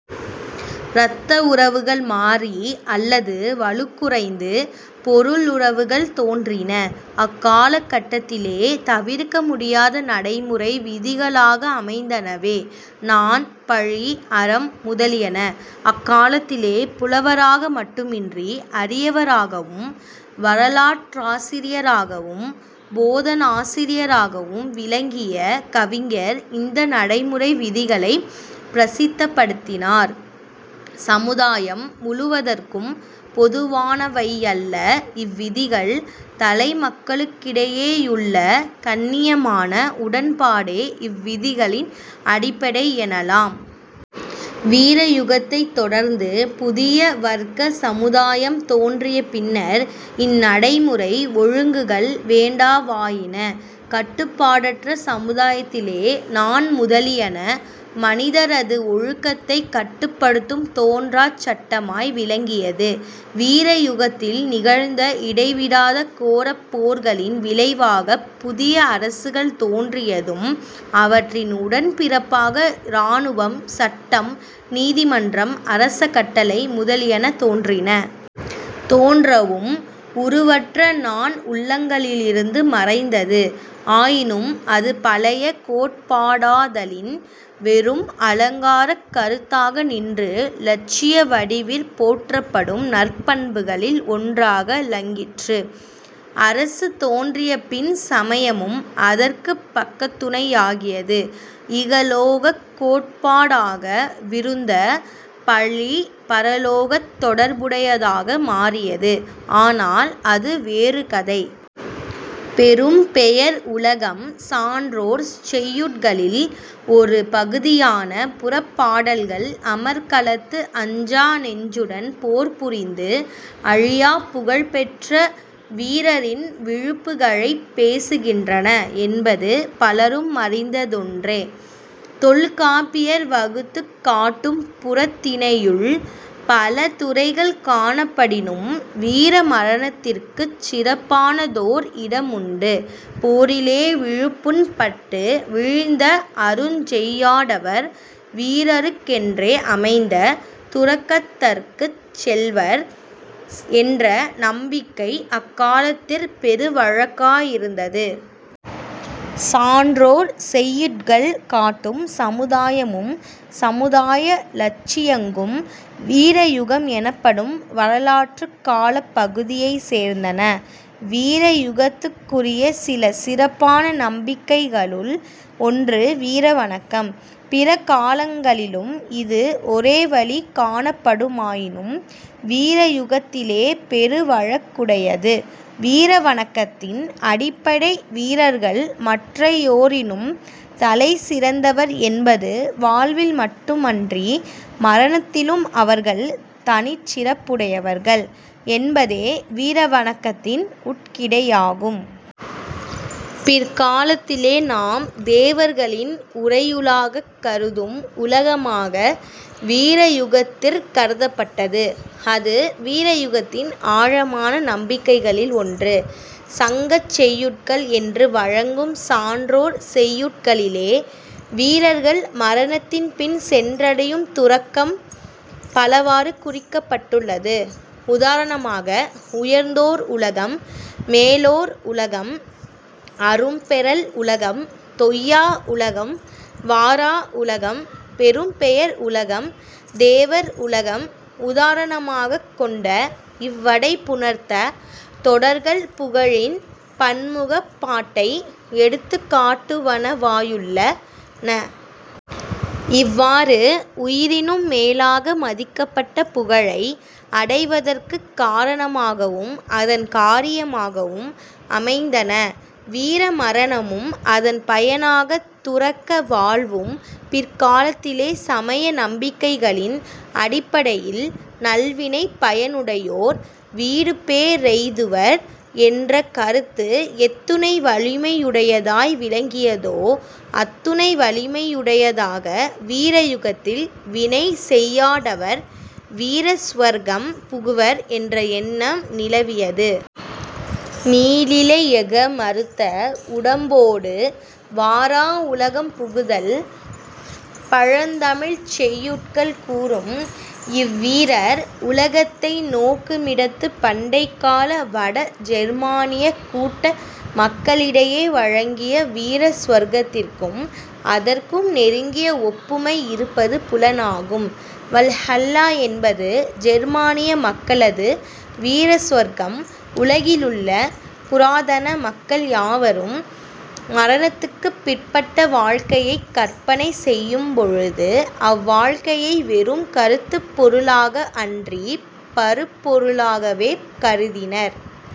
இரத்த உறவுகள் மாறி அல்லது வலுக்குறைந்து பொருளுறவுகள் தோன்றின. அக்காலக் கட்டத்திலே தவிர்க்கமுடியாத நடைமுறை விதிகளாக அமைந்தனவே நாண், பழி, அறம் முதலியன. அக்காலத்திலே புலவராக மட்டுமின்றி அறியவராகவும், வரலாற்றாசிரியராகவும், போதனாசிரியராகவும் விளங்கிய கவிஞர் இந்தநடைமுறை விதிகளைப் பிரசித்தப்படுத்தினர். சமுதாயம் முழுவதற்கும் பொதுவானவையல்ல இவ்விதிகள். தலைமக்களுக்கிடையேயுள்ள "கண்ணியமான" உடன்பாடே இவ்விதிகளின் அடிப்படையெனலாம். வீரயுகத்தைத் தொடர்ந்து புதிய-வர்க்க சமுதாயம் தோன்றிய பின்னர், இந்நடைமுறை ஒழுங்குகள் வேண்டாவாயின. கட்டுப்பாடற்ற சமுதாயத்திலே நாண் முதலியன மனிதரது ஒழுக்கத்தைக் கட்டுப்படுத்தும் தோன்றாச் சட்டமாய் விளங்கியது. வீரயுகத்தில் நிகழ்ந்த இடைவிடாத கோரப் போர்களின் விளைவாகப் புதிய அரசுகள் தோன்றியதும் அவற்றின் உடன் பிறப்பாக இராணுவம், சட்டம், நீதிமன்றம், அரச கட்டளை முதலியன தோன்றின. தோன்றவும் உருவற்ற நாண் உள்ளங்களிலிருந்து மறைந்தது. ஆயினும் அது பழைய கோட்பாடாதலின் வெறும் அலங்காரக் கருத்தாக நின்று இலட்சிய வடிவிற் போற்றப்படும் நற்பண்புகளில் ஒன்றாக இலங்கிற்று. அரசு தோன்றிய பின் சமயமும் அதற்குப் பக்கத்துணையாகியது. இகலோகக் கோட்பாடாக விருந்த பழி பரலோகத் தொடர்புடையதாக மாறியது. ஆனால் அது வேறு கதை.. பெரும் பெயர் உலகம் சான்றோர் செய்யுட்களில் ஒரு பகுதியான புறப்பாடல்கள் அமர்க்களத்து அஞ்சா நெஞ்சுடன் போர்புரிந்து அழியாப் புகழ்பெற்ற வீரரின் விழுப்புகழைப் பேசுகின்றன என்பது பலருமறிந்ததொன்றே. தொல்காப்பியர் வகுத்துக் காட்டும் புறத்திணையுள் பல துறைகள் காணப்படினும் வீர மரணத்திற்குச் சிறப்பானதோர் இடமுண்டு. போரிலே விழுப்புண்பட்டு வீழ்ந்த 'அருஞ் செய்யாடவர்' வீரருக்கென்றே அமைந்த துறக்கத்தற்குச் செல்வர் என்ற நம்பிக்கை அக்காலத்திற் பெருவழக்காயிருந்தது. சான்றோர் செய்யுட்கள் காட்டும் சமுதாயமும் சமுதாய இலட்சியங்கும் வீரயுகம் எனப்படும் வரலாற்றுக் காலப்பகுதியைச் சேர்ந்தன. வீரயுகத்துக்குரிய சில சிறப்பான நம்பிக்கைகளுள் ஒன்று வீர வணக்கம். பிற காலங்களிலும் இஃது ஒரேவழி காணப்படுமாயினும் வீரயுகத்திலே பெருவழக்குடையது. வீர வணக்கத்தின் அடிப்படை, வீரர்கள் மற்றையோரினும் தலைசிறந்தவர் என்பது, வாழ்வில் மட்டுமன்றி மரணத்திலும், அவர்கள் தனிச்சிறப்புடையவர்கள் என்பதே வீர வணக்கத்தின் உட்கிடையாகும். பிற்காலத்திலே நாம் தேவர்களின் உரையுளாகக் கருதும் உலகமாக வீரயுகத்திற் கருதப்பட்டது. அது வீரயுகத்தின் ஆழமான நம்பிக்கைகளில் ஒன்று. சங்கச் செய்யுட்கள் என்று வழங்கும் சான்றோர் செய்யுட்களிலே வீரர்கள் மரணத்தின்பின் சென்றடையும் துறக்கம் பலவாறு குறிக்கப்பட்டுள்ளது. உதாரணமாக, உயர்ந்தோர் உலகம் மேலோர் உலகம்। அரும் பெறல் உலகம் தொய்யா உலகம் வாரா உலகம் பெரும் பெயர் உலகம் தேவர் உலகம் உதாரணமாகக் கொண்ட இவ்வடை புணர்த்த தொடர்கள் புகழின் பன்முகப் பாட்டை எடுத்துக்காட்டுவனவாயுள்ளன. இவ்வாறு உயிரினும் மேலாக மதிக்கப்பட்ட புகழை அடைவதற்குக் காரணமாகவும் அதன் காரியமாகவும் அமைந்தன வீரமரணமும் அதன் பயனாக துறக்க வாழ்வும். பிற்காலத்திலே சமய நம்பிக்கைகளின் அடிப்படையில் நல்வினைப் பயனுடையோர் வீடுபேறெய்துவர் என்ற கருத்து எத்துணை வலிமையுடையதாய் விளங்கியதோ, அத்துணை வலிமையுடையதாக வீரயுகத்தில் வினை செய்யாடவர் 'வீரசுவர்க்கம்' புகுவர் என்ற எண்ணம் நிலவியது. "நீளிலை யெஃக மறுத்த உடம்போடு வாராவுலகம் புகுதல்" பழந் தமிழ்ச் செய்யுட்கள் கூறும் இவ்வீரர் உலகத்தை நோக்குமிடத்து, பண்டைக்கால வட ஜெர்மானியக் கூட்ட மக்களிடையே வழங்கிய வீரசுவர்க்கத்திற்கும் அதற்கும் நெருங்கிய ஒப்புமை இருப்பது புலனாகும். வல்ஹல்லா என்பது ஜெர்மானிய மக்களது வீரசுவர்க்கம், உலகிலுள்ள புராதன மக்கள் யாவரும் மரணத்துக்குப் பிற்பட்ட வாழ்க்கையைக் கற்பனை செய்யும்பொழுது, அவ்வாழ்க்கையை வெறும் கருத்துப் பொருளாக அன்றிப் பருப்பொருளாகவே கருதினர்.